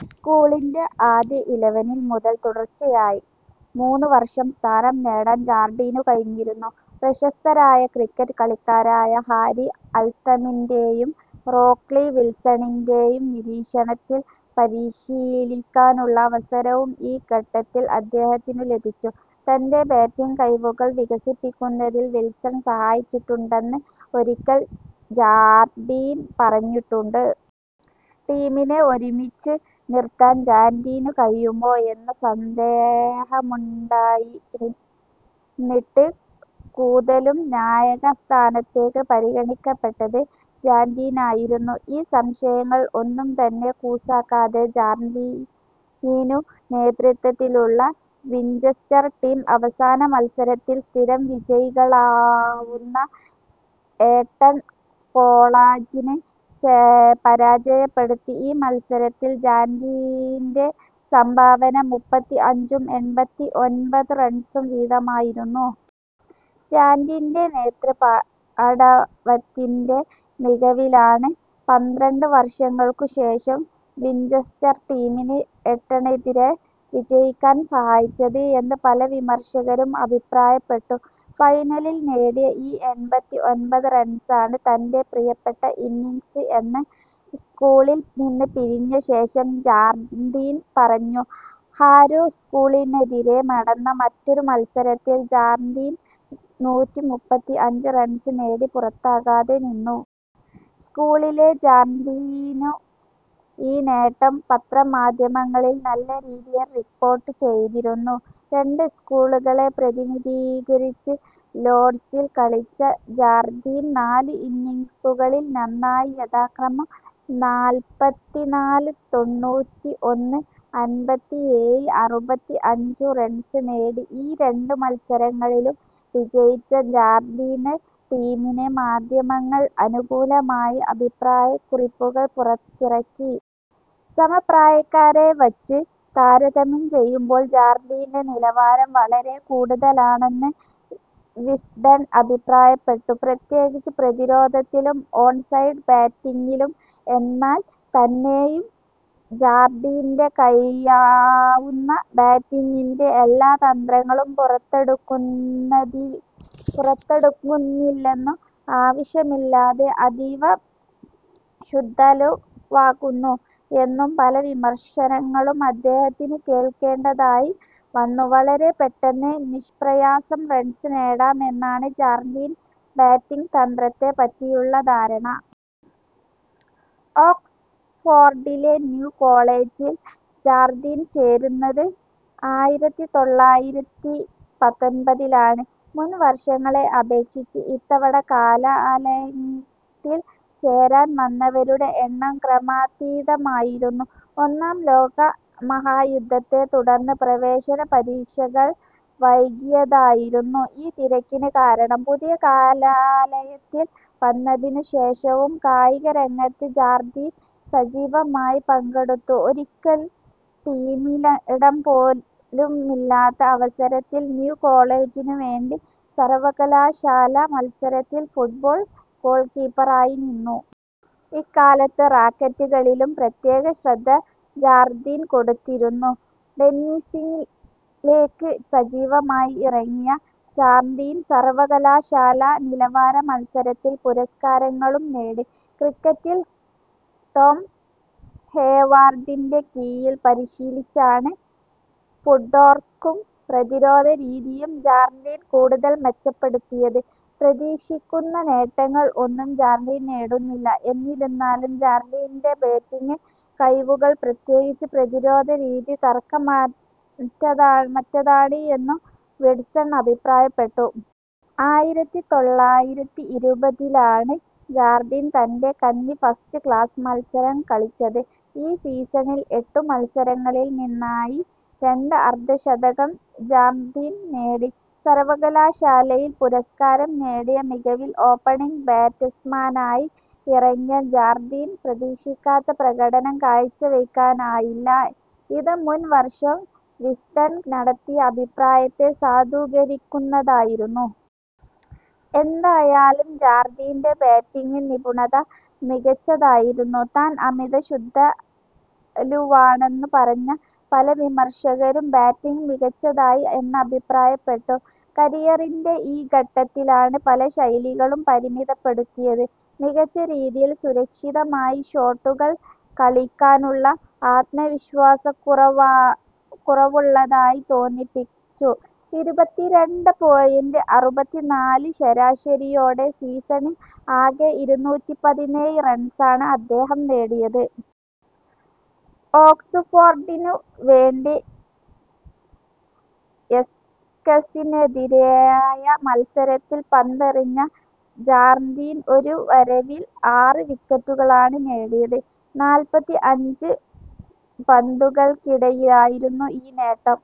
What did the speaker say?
സ്കൂളിൻ്റെ ആദ്യ ഇലവനിൽ മുതൽ തുടർച്ചയായി മൂന്ന് വർഷം സ്ഥാനം നേടാൻ ജാർഡീനു കഴിഞ്ഞിരുന്നു. പ്രശസ്തരായ ക്രിക്കറ്റ് കളിക്കാരായ ഹാരി അൽതമിൻ്റേയും റോക്ലി വിൽസണിൻ്റേയും നിരീക്ഷണത്തിൽ പരിശീലിക്കാനുള്ള അവസരവും ഈ ഘട്ടത്തിൽ അദ്ദേഹത്തിനു ലഭിച്ചു. തൻ്റെ ബാറ്റിംഗ് കഴിവുകൾ വികസിപ്പിക്കുന്നതിൽ വിൽസൺ സഹായിച്ചിട്ടുണ്ടെന്ന് ഒരിക്കൽ ജാർഡീൻ പറഞ്ഞിട്ടുണ്ട്. ടീമിനെ ഒരുമിച്ച് നിർത്താൻ ജാർഡീനു കഴിയുമോ എന്ന സന്ദേഹമുണ്ടായിരുന്നിട്ട് കൂതലും നായകസ്ഥാനത്തേക്ക് പരിഗണിക്കപ്പെട്ടത് ജാർഡീനായിരുന്നു. ഈ സംശയങ്ങൾ ഒന്നും തന്നെ കൂസാക്കാതെ ജാർഡീൻ്റെ നേതൃത്തത്തിലുള്ള വിഞ്ചെസ്റ്റർ ടീം അവസാന മത്സരത്തിൽ സ്ഥിരം വിജയികളാവുന്ന ഏട്ടൺ കോളജിനെ പരാജയപ്പെടുത്തി. ഈ മത്സരത്തിൽ ജാർഡീൻ്റെ സംഭാവന മുപ്പത്തിഅഞ്ചും എൺപത്തിഒൻപത് റൺസും വീതമായിരുന്നു. ജാർഡീൻ്റെ നേതൃ പാഠവത്തിൻ്റെ മികവിലാണ് പന്ത്രണ്ട് വർഷങ്ങൾക്ക് ശേഷം വിഞ്ചെസ്റ്റർ ടീമിന് ഏട്ടണെതിര വിജയിക്കാൻ സഹായിച്ചത് എന്ന് പല വിമർശകരും അഭിപ്രായപ്പെട്ടു. ഫൈനലിൽ നേടിയ ഈ എൺപത്തിഒൻപത് റൺസാണ് തൻ്റെ പ്രിയപ്പെട്ട ഇന്നിംഗ്സ് എന്ന് സ്കൂളിൽ നിന്നു പിരിഞ്ഞ ശേഷം ജാർഡീൻ പറഞ്ഞു. ഹാരോ സ്കൂളിനെതിരെ നടന്ന മറ്റൊരു മത്സരത്തിൽ ജാർഡീൻ നൂറ്റിമുപ്പത്തിഅഞ്ച് റൺസ് നേടി പുറത്താകാതെ നിന്നു. സ്കൂളിലെ ജാർഡീൻ്റെ ഈ നേട്ടം പത്ര മാധ്യമങ്ങളിൽ നല്ല രീതിയിൽ റിപ്പോർട്ട് ചെയ്തിരുന്നു. രണ്ട് സ്കൂളുകളെ പ്രതിനിധീകരിച്ച് ലോഡ്സിൽ കളിച്ച ജാർഡീൻ നാലു ഇന്നിംഗ്സുകളിൽ നിന്നായി യഥാക്രമം നാല്പത്തിനാല്, തൊണ്ണൂറ്റിഒന്ന്, അൻപത്തിഏഴ്, അൻപത്തിഅഞ്ചും റൺസ് നേടി, ഈ രണ്ട് മത്സരങ്ങളിലും വിജയിച്ച ജാർഡിൻ്റെ ടീമിനെ മാധ്യമങ്ങൾ അനുകൂലമായ അഭിപ്രായകുറിപ്പുകൾ പുറത്തിറക്കി. സമപ്രായക്കാരെ വച്ച് താരതമ്യം ചെയ്യുമ്പോൾ ജാർഡീൻ്റെ നിലവാരം വളരെ കൂടുതലാണന്ന് വിസ്ഡൺ അഭിപ്രായപ്പെട്ടു, പ്രത്യേകിച്ച് പ്രതിരോധത്തിലും ഓൺ സൈഡ് ബാറ്റിംഗിലും. എന്നാൽ തന്നെയും ജാർഡീനു കഴിയാവുന്ന ബാറ്റിംഗിൻ്റെ എല്ലാ തന്ത്രങ്ങളും പുറത്തെടുക്കുന്നില്ലെന്നും അവിശ്യമില്ലാതെ അതീവ ശ്രദ്ധാലുവാകുന്നു എന്നും പല വിമർശനങ്ങളും അദ്ദേഹത്തിന് കേൾക്കേണ്ടതായി വന്നു. വളരെ പെട്ടെന്ന് നിഷ്പ്രയാസം റൺസ് നേടാം എന്നാണ് ജാർഡീൻ്റെ ബാറ്റിംഗ് തന്ത്രത്തെ പറ്റിയുള്ള ധാരണ. ഓക്സ്ഫോർഡിലെ ന്യൂ കോളജിൽ ജാർഡീൻ ചേരുന്നത് ആയിരത്തിതൊള്ളായിരത്തിപത്തൊൻപതിലാണ്. മുൻ വർഷങ്ങളെ അപേക്ഷിച്ച് ഇത്തവണ കലാലയത്തിൽ ചേരാൻ വന്നവരുടെ എണ്ണം ക്രമാതീതമായിരുന്നു. ഒന്നാം ലോകമഹായുദ്ധത്തെ തുടർന്ന് പ്രവേശന പരീക്ഷകൾ വൈകിയതായിരുന്നു ഈ തിരക്കിന് കാരണം. പുതിയ കലാലയത്തിൽ വന്നതിനു ശേഷവും കായിക രംഗത്ത് ജാർഡീൻ സജീവമായി പങ്കെടുത്തു, ഒരിക്കൽ ടീമിലിടം പോലുമില്ലാത്ത അവസരത്തിൽ ന്യൂ കോളജിനു വേണ്ടി സർവകലാശാല മത്സരത്തിൽ ഫുട്ബോൾ ഗോൾകീപ്പറായി നിന്നു. ഈക്കാലത്ത് റാക്കറ്റ് കളികളിലും പ്രത്യേക ശ്രദ്ധ ജാർഡീൻ കൊടുത്തിരുന്നു, ടെന്നീസിലേക്ക് സജീവമായി ഇറങ്ങിയ ജാർഡീൻ സർവ്വകലാശാല നിലവാര മത്സരത്തിൽ പുരസ്കാരങ്ങളും നേടി. ക്രിക്കറ്റിൽ ടോം ഹേവാർഡിൻ്റെ കീഴിൽ പരീശിലിച്ചാണ് ഫുട്വർക്കും പ്രതിരോധ രീതിയും ജാർഡീൻ കൂടുതൽ മെച്ചപ്പെടുത്തിയത്. പ്രതീക്ഷിക്കുന്ന നേട്ടങ്ങൾ ഒന്നും ജാർഡീൻ നേടുന്നില്ല, എന്നിരുന്നാലും ജാർഡീൻ്റെ ബാറ്റിംഗ് കഴിവുകൾ പ്രത്യേകിച്ച് പ്രതിരോധ രീതി തർക്കമറ്റതാണ് എന്ന് വിസ്ഡൺ അഭിപ്രായപ്പെട്ടു. ആയിരത്തിതൊള്ളായിരത്തിഇരുപതിലാണ് ജാർഡീൻ തൻ്റെ കന്നി ഫസ്റ്റ് ക്ലാസ് മത്സരം കളിച്ചത്, ഈ സീസണിൽ എട്ടു മത്സരങ്ങളിൽ നിന്നായി രണ്ട് അർദ്ധ ശതകം ജാർഡീൻ നേടി. സർവകലാശാലയിൽ പുരസ്കാരം നേടിയ മികവിൽ ഓപ്പണിംഗ് ബാറ്റ്സ്മാനായി ഇറങ്ങിയ ജാർഡീന് പ്രതീക്ഷക്കൊത്ത പ്രകടനം കാഴ്ചവയ്ക്കാനായില്ല, ഇത് മുൻ വർഷം വിസ്ഡൺ നടത്തിയ അഭിപ്രായത്തെ സാധൂകരിക്കുന്നതായിരുന്നു. എന്തായാലും ജാർഡീൻ്റെ ബാറ്റിംഗ് നിപുണത മികച്ചതായിരുന്നു, താൻ അമിത ശ്രദ്ധാലുവാണെന്ന് പറഞ്ഞ പല വിമർശകരും ബാറ്റിംഗ് മികച്ചതായി എന്ന് അഭിപ്രായപ്പെട്ടു. കരിയറിൻ്റെ ഈ ഘട്ടത്തിലാണ് പല ശൈലികളും പരിമിതപ്പെടുത്തിയത്, മികച്ച രീതിയിൽ സുരക്ഷിതമായി ഷോട്ടുകൾ കളിയ്ക്കാനുള്ള അത്മവിശ്വാസക്കുറവുള്ളതായി തോന്നിപ്പിച്ചു. ഇരുപത്തിരണ്ടെ പോയിൻ്റ് അറുപത്തിനാല് ശരാശരിയോടേ സീസണിൽ ആകെ ഇരുന്നൂറ്റിപതിനേഴ് റൺസാണ് അദ്ദേഹം നേടിയത്. ഓക്സ്ഫോർഡിനു വേണ്ടി എസെക്സിനെതിരായ മത്സരത്തിൽ പന്തെറിഞ്ഞ ജാർഡീൻ്റെ ഒരു വരവിൽ ആറ് വിക്കറ്റുകളാണ് നേടിയത് നാല്പത്തിഅഞ്ച് പന്തുകൾക്കിടയിലായിരുന്നൂ ഈ നേട്ടം.